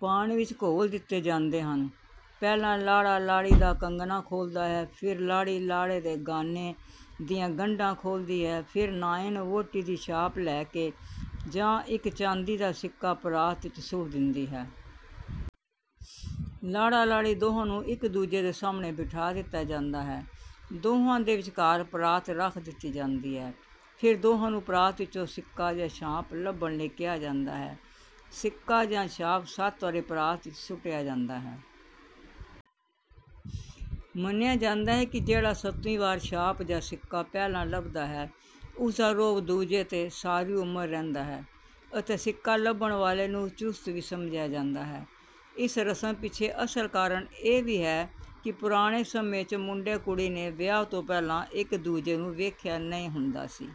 ਪਾਣੀ ਵਿੱਚ ਘੋਲ ਦਿੱਤੇ ਜਾਂਦੇ ਹਨ। ਪਹਿਲਾਂ ਲਾੜਾ-ਲਾੜੀ ਦਾ ਕੰਗਣਾ ਖੋਲ੍ਹਦਾ ਹੈ, ਫਿਰ ਲਾੜੀ ਲਾੜੇ ਦੇ ਗਾਨੇ ਦੀਆਂ ਗੰਢਾਂ ਖੋਲ੍ਹਦੀ ਹੈ। ਫਿਰ ਨਾਇਣ ਵਹੁਟੀ ਦੀ ਛਾਪ ਲੈ ਕੇ ਜਾਂ ਇੱਕ ਚਾਂਦੀ ਦਾ ਸਿੱਕਾ ਪਰਾਤ ਵਿੱਚ ਸੁੱਟ ਦਿੰਦੀ ਹੈ। ਲਾੜਾ-ਲਾੜੀ ਦੋਹਾਂ ਨੂੰ ਇੱਕ-ਦੂਜੇ ਦੇ ਸਾਹਮਣੇ ਬਿਠਾ ਦਿੱਤਾ ਜਾਂਦਾ ਹੈ। ਦੋਹਾਂ ਦੇ ਵਿਚਕਾਰ ਪਰਾਤ ਰੱਖ ਦਿੱਤੀ ਜਾਂਦੀ ਹੈ। ਫਿਰ ਦੋਹਾਂ ਨੂੰ ਪਰਾਤ ਵਿੱਚੋਂ ਸਿੱਕਾ ਜਾਂ ਛਾਪ ਲੱਭਣ ਲਈ ਕਿਹਾ ਜਾਂਦਾ ਹੈ। ਸਿੱਕਾ ਜਾਂ ਛਾਪ ਸੱਤ ਵਾਰੀ ਪਰਾਤ ਵਿੱਚ ਸੁੱਟਿਆ ਜਾਂਦਾ ਹੈ। ਮੰਨਿਆ ਜਾਂਦਾ ਹੈ ਕਿ ਜਿਹੜਾ ਸੱਤਵੀਂ ਵਾਰ ਛਾਪ ਜਾਂ ਸਿੱਕਾ ਪਹਿਲਾਂ ਲੱਭਦਾ ਹੈ, ਉਸ ਦਾ ਰੋਹਬ ਦੂਜੇ ’ਤੇ ਸਾਰੀ ਉਮਰ ਰਹਿੰਦਾ ਹੈ ਅਤੇ ਸਿੱਕਾ ਲੱਭਣ ਵਾਲੇ ਨੂੰ ਚੁਸਤ ਵੀ ਸਮਝਿਆ ਜਾਂਦਾ ਹੈ। ਇਸ ਰਸਮ ਪਿੱਛੇ ਅਸਲ ਕਾਰਨ ਇਹ ਵੀ ਹੈ ਕਿ ਪੁਰਾਣੇ ਸਮੇਂ ਵਿੱਚ ਮੁੰਡੇ-ਕੁੜੀ ਨੇ ਵਿਆਹ ਤੋਂ ਪਹਿਲਾਂ ਇੱਕ-ਦੂਜੇ ਨੂੰ ਵੇਖਿਆ ਨਹੀਂ ਹੁੰਦਾ ਸੀ।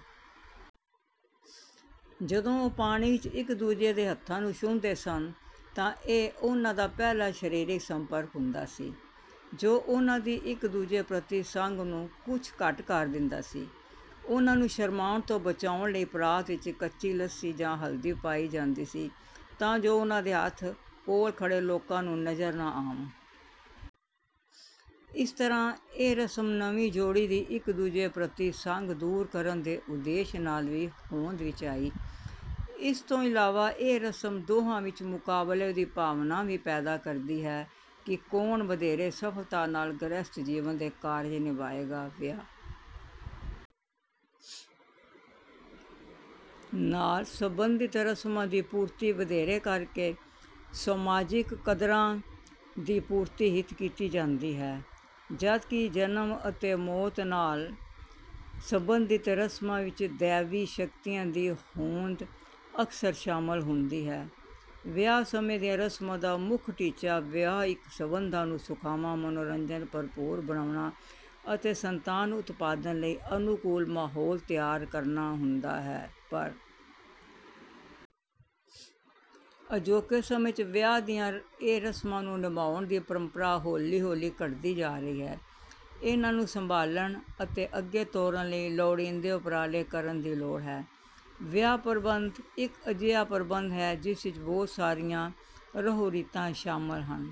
ਜਦੋਂ ਉਹ ਪਾਣੀ ਵਿੱਚ ਇੱਕ-ਦੂਜੇ ਦੇ ਹੱਥਾਂ ਨੂੰ ਛੂਹਦੇ ਸਨ, ਤਾਂ ਇਹ ਉਹਨਾਂ ਦਾ ਪਹਿਲਾ ਸਰੀਰਕ ਸੰਪਰਕ ਹੁੰਦਾ ਸੀ, ਜੋ ਉਹਨਾਂ ਦੀ ਇੱਕ-ਦੂਜੇ ਪ੍ਰਤੀ ਸੰਗ ਨੂੰ ਕੁਝ ਘੱਟ ਕਰ ਦਿੰਦਾ ਸੀ। ਉਹਨਾਂ ਨੂੰ ਸ਼ਰਮਾਉਣ ਤੋਂ ਬਚਾਉਣ ਲਈ ਪਰਾਤ ਵਿੱਚ ਕੱਚੀ ਲੱਸੀ ਜਾਂ ਹਲਦੀ ਪਾਈ ਜਾਂਦੀ ਸੀ, ਤਾਂ ਜੋ ਉਹਨਾਂ ਦੇ ਹੱਥ ਕੋਲ ਖੜ੍ਹੇ ਲੋਕਾਂ ਨੂੰ ਨਜ਼ਰ ਨਾ ਆਉਣ। ਇਸ ਤਰ੍ਹਾਂ ਇਹ ਰਸਮ ਨਵੀਂ ਜੋੜੀ ਦੀ ਇੱਕ-ਦੂਜੇ ਪ੍ਰਤੀ ਸੰਗ ਦੂਰ ਕਰਨ ਦੇ ਉਦੇਸ਼ ਨਾਲ ਵੀ ਹੋਂਦ ਵਿੱਚ ਆਈ। ਇਸ ਤੋਂ ਇਲਾਵਾ, ਇਹ ਰਸਮ ਦੋਹਾਂ ਵਿੱਚ ਮੁਕਾਬਲੇ ਦੀ ਭਾਵਨਾ ਵੀ ਪੈਦਾ ਕਰਦੀ ਹੈ ਕਿ ਕੌਣ ਵਧੇਰੇ ਸਫ਼ਲਤਾ ਨਾਲ ਗ੍ਰਹਿਸਥ ਜੀਵਨ ਦੇ ਕਾਰਜ ਨਿਭਾਏਗਾ। ਵਿਆਹ ਨਾਲ ਸੰਬੰਧਿਤ ਰਸਮਾਂ ਦੀ ਪੂਰਤੀ ਵਧੇਰੇ ਕਰਕੇ ਸਮਾਜਿਕ ਕਦਰਾਂ ਦੀ ਪੂਰਤੀ ਹਿੱਤ ਕੀਤੀ ਜਾਂਦੀ ਹੈ, ਜਦਕਿ ਜਨਮ ਅਤੇ ਮੌਤ ਨਾਲ ਸੰਬੰਧਿਤ ਰਸਮਾਂ ਵਿੱਚ ਦੈਵੀ ਸ਼ਕਤੀਆਂ ਦੀ ਹੋਂਦ ਅਕਸਰ ਸ਼ਾਮਲ ਹੁੰਦੀ ਹੈ। ਵਿਆਹ ਸਮੇਂ ਦੀਆਂ ਰਸਮਾਂ ਦਾ ਮੁੱਖ ਟੀਚਾ ਵਿਆਹਿਕ ਸੰਬੰਧਾਂ ਨੂੰ ਸੁਖਾਵਾਂ, ਮਨੋਰੰਜਨ-ਭਰਪੂਰ ਬਣਾਉਣਾ ਅਤੇ ਸੰਤਾਨ ਉਤਪਾਦਨ ਲਈ ਅਨੁਕੂਲ ਮਾਹੌਲ ਤਿਆਰ ਕਰਨਾ ਹੁੰਦਾ ਹੈ। ਪਰ ਅਜੋਕੇ ਸਮੇਂ ਵਿੱਚ ਵਿਆਹ ਦੀਆਂ ਇਹਨਾਂ ਰਸਮਾਂ ਨੂੰ ਨਿਭਾਉਣ ਦੀ ਪਰੰਪਰਾ ਹੌਲੀ-ਹੌਲੀ ਘੱਟਦੀ ਜਾ ਰਹੀ ਹੈ। ਇਹਨਾਂ ਨੂੰ ਸੰਭਾਲਣ ਅਤੇ ਅੱਗੇ ਤੋਰਨ ਲਈ ਲੋੜੀਂਦੇ ਉਪਰਾਲੇ ਕਰਨ ਦੀ ਲੋੜ ਹੈ। ਵਿਆਹ ਪ੍ਰਬੰਧ ਇੱਕ ਅਜਿਹਾ ਪ੍ਰਬੰਧ ਹੈ, ਜਿਸ ਵਿੱਚ ਬਹੁਤ ਸਾਰੀਆਂ ਰਹੁ-ਰੀਤਾਂ ਸ਼ਾਮਲ ਹਨ।